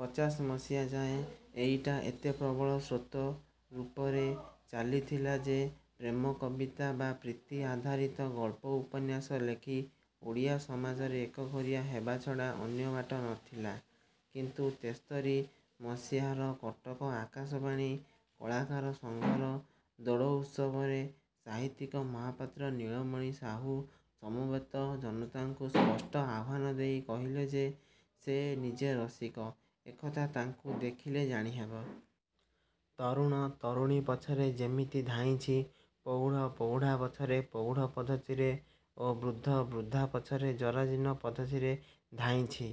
ପଚାଶ ମସିହା ଯାଏ ଏଇଟା ଏତେ ପ୍ରବଳ ସ୍ରୋତ ରୂପରେ ଚାଲିଥିଲା ଯେ ପ୍ରେମ କବିତା ବା ପ୍ରୀତି-ଆଧାରିତ ଗଳ୍ପ ଉପନ୍ୟାସ ଲେଖି ଓଡ଼ିଆ ସମାଜରେ ଏକଘରିଆ ହେବାଛଡ଼ା ଅନ୍ୟବାଟ ନ ଥିଲା। କିନ୍ତୁ ତେସ୍ତରୀ ମସିହାର କଟକ ଆକାଶବାଣୀ କଳାକାର ସଂଘର ଦୋଳ ଉତ୍ସବରେ ସାହିତ୍ୟିକ ମହାପାତ୍ର ନୀଳମଣି ସାହୁ ସମବେତ ଜନତାଙ୍କୁ ସ୍ପଷ୍ଟ ଆହ୍ୱାନ ଦେଇ କହିଲେ ଯେ ସେ ନିଜେ ରସିକ-ଏକଥା ତାଙ୍କୁ ଦେଖିଲେ ଜାଣିହେବ। ତରୁଣ ତରୁଣୀ ପଛରେ ଯେମିତି ଧାଇଁଛି ପ୍ରୌଢ଼ ପ୍ରୌଢ଼ା ପଛରେ ପ୍ରୌଢ଼ ପଦ୍ଧତିରେ ଓ ବୃଦ୍ଧ ବୃଦ୍ଧା ପଛରେ ଜରାଜୀର୍ଣ୍ଣ ପଦ୍ଧତିରେ ଧାଇଁଛି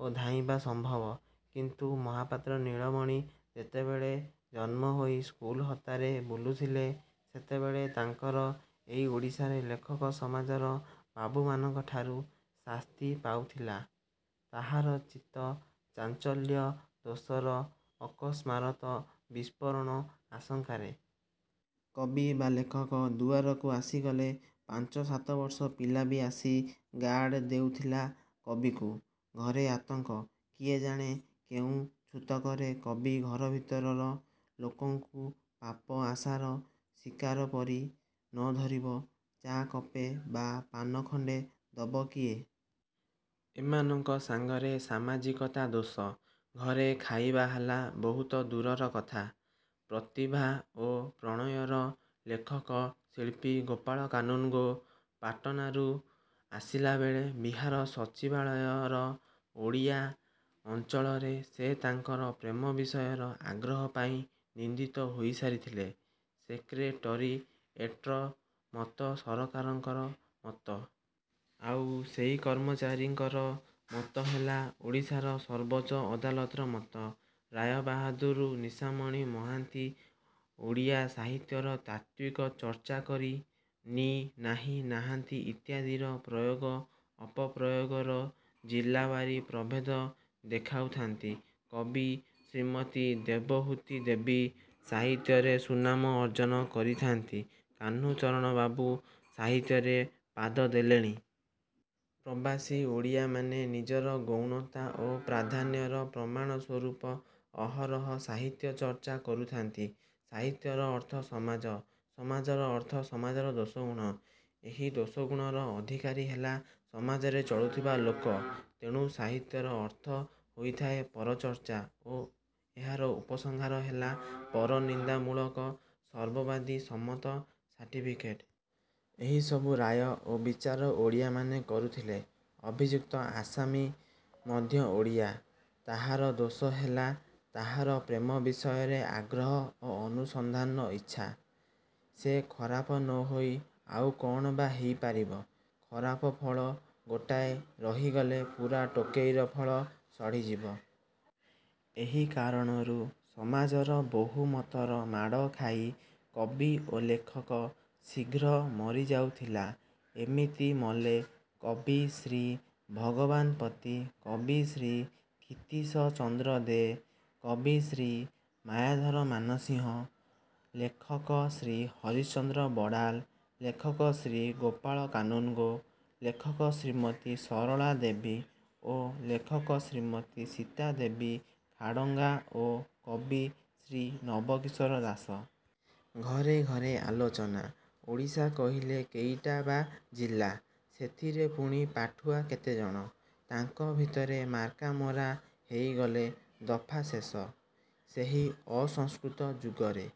ଓ ଧାଇଁବା ସମ୍ଭବ। କିନ୍ତୁ ମହାପାତ୍ର ନୀଳମଣି ଯେତେବେଳେ ଜନ୍ମ ହୋଇ ସ୍କୁଲ ହତାରେ ବୁଲୁଥିଲେ ସେତେବେଳେ ତାଙ୍କର ଏଇ ଓଡ଼ିଶାରେ ଲେଖକ ସମାଜର ବାବୁମାନଙ୍କଠାରୁ ଶାସ୍ତି ପାଉଥିଲା-ତାହାର ଚିତ୍ତ ଚାଞ୍ଚଲ୍ୟ ଦୋଷର ଅକସ୍ମାରତ ବିସ୍ଫୋରଣ ଆଶଙ୍କାରେ। କବି ବା ଲେଖକ ଦୁଆରକୁ ଆସିଗଲେ ପାଞ୍ଚ ସାତବର୍ଷ ପିଲା ବି ଆସି ଗାର୍ଡ଼ ଦେଉଥିଲା କବିକୁ। ଘରେ ଆତଙ୍କ-କିଏ ଜାଣେ କେଉଁ ଛୁତକରେ କବି ଘର ଭିତରର ଲୋକଙ୍କୁ ପାପ ଆଶାର ଶିକାର ପରି ନ ଧରିବ? ଚା' କପେ ବା ପାନ ଖଣ୍ତେ ଦବ କିଏ? ଏମାନଙ୍କ ସାଙ୍ଗରେ ସାମାଜିକତା ଦୋଷ। ଘରେ ଖାଇବା ହେଲା ବହୁତ ଦୂରର କଥା। ପ୍ରତିଭା ଓ ପ୍ରଣୟର ଲେଖକ ଶିଳ୍ପୀ ଗୋପାଳ କାନୁନଗୋ ପାଟନାରୁ ଆସିଲାବେଳେ ବିହାର ସଚିବାଳୟର ଓଡ଼ିଆ ଅଞ୍ଚଳରେ ସେ ତାଙ୍କର ପ୍ରେମ ବିଷୟର ଆଗ୍ରହ ପାଇଁ ନିନ୍ଦିତ ହୋଇ ସାରିଥିଲେ। ସେକ୍ରେଟରିଏଟ୍ର ମତ ସରକାରଙ୍କର ମତ। ଆଉ ସେହି କର୍ମଚାରୀଙ୍କର ମତ ହେଲା ଓଡ଼ିଶାର ସର୍ବୋଚ୍ଚ ଅଦାଲତର ମତ। ରାୟ ବାହାଦୁର ନିଶାମଣି ମହାନ୍ତି ଓଡ଼ିଆ ସାହିତ୍ୟର ତାତ୍ତ୍ୱିକ ଚର୍ଚ୍ଚାକରି ନି-ନାହିଁ-ନାହାନ୍ତି ଇତ୍ୟାଦିର ପ୍ରୟୋଗ ଅପପ୍ରୟୋଗର ଜିଲ୍ଲାୱାରୀ ପ୍ରଭେଦ ଦେଖାଉଥାନ୍ତି। କବି ଶ୍ରୀମତୀ ଦେବହୂତି ଦେବୀ ସାହିତ୍ୟରେ ସୁନାମ ଅର୍ଜନ କରିଥାନ୍ତି। କାହ୍ନୁଚରଣବାବୁ ସାହିତ୍ୟରେ ପାଦ ଦେଲେଣି। ପ୍ରବାସୀ ଓଡ଼ିଆମାନେ ନିଜର ଗୌଣତା ଓ ପ୍ରାଧାନ୍ୟର ପ୍ରମାଣ ସ୍ୱରୂପ ଅହରହ ସାହିତ୍ୟ ଚର୍ଚ୍ଚା କରୁଥାନ୍ତି। ସାହିତ୍ୟର ଅର୍ଥ ସମାଜ। ସମାଜର ଅର୍ଥ ସମାଜର ଦୋଷ ଗୁଣ। ଏହି ଦୋଷଗୁଣର ଅଧିକାରୀ ହେଲା ସମାଜରେ ଚଳୁଥିବା ଲୋକ। ତେଣୁ ସାହିତ୍ୟର ଅର୍ଥ ହୋଇଥାଏ ପରଚର୍ଚ୍ଚା ଓ ଏହାର ଉପସଂହାର ହେଲା ପରନିନ୍ଦାମୂଳକ ସର୍ବବାଦୀ ସମ୍ମତ ସାର୍ଟିଫିକେଟ। ଏହିସବୁ ରାୟ ଓ ବିଚାର ଓଡ଼ିଆମାନେ କରୁଥିଲେ। ଅଭିଯୁକ୍ତ ଆସାମୀ ମଧ୍ୟ ଓଡ଼ିଆ। ତାହାର ଦୋଷ ହେଲା ତାହାର ପ୍ରେମ ବିଷୟରେ ଆଗ୍ରହ ଓ ଅନୁସନ୍ଧାନର ଇଚ୍ଛା। ସେ ଖରାପ ନ ହୋଇ ଆଉ କ'ଣ ବା ହେଇ ପାରିବ? ଖରାପ ଫଳ ଗୋଟାଏ ରହିଗଲେ ପୁରା ଟୋକେଇର ଫଳ ସଢ଼ିଯିବ। ଏହି କାରଣରୁ ସମାଜର ବହୁ ମତର ମାଡ଼ ଖାଇ କବି ଓ ଲେଖକ ଶୀଘ୍ର ମରିଯାଉଥିଲା। ଏମିତି ମଲେ କବି ଶ୍ରୀ ଭଗବାନ ପତି, କବି ଶ୍ରୀ କ୍ଷିତୀଶ ଚନ୍ଦ୍ର ଦେ, କବି ଶ୍ରୀ ମାୟାଧର ମାନସିଂହ, ଲେଖକ ଶ୍ରୀ ହରିଶ୍ଚନ୍ଦ୍ର ବଡ଼ାଲ, ଲେଖକ ଶ୍ରୀ ଗୋପାଳ କାନୁନଗୋ, ଲେଖକ ଶ୍ରୀମତୀ ସରଳା ଦେବୀ ଓ ଲେଖକ ଶ୍ରୀମତୀ ସୀତା ଦେବୀ ଖାଡ଼ଙ୍ଗା ଓ କବି ଶ୍ରୀ ନବ କିଶୋର ଦାସ। ଘରେ ଘରେ ଆଲୋଚନା। ଓଡ଼ିଶା କହିଲେ କେଇଟା ବା ଜିଲ୍ଲା-ସେଥିରେ ପୁଣି ପାଠୁଆ କେତେ ଜଣ? ତାଙ୍କ ଭିତରେ ମାର୍କାମରା ହେଇଗଲେ ଦଫା ଶେଷ। ସେହି ଅସଂସ୍କୃତ ଯୁଗରେ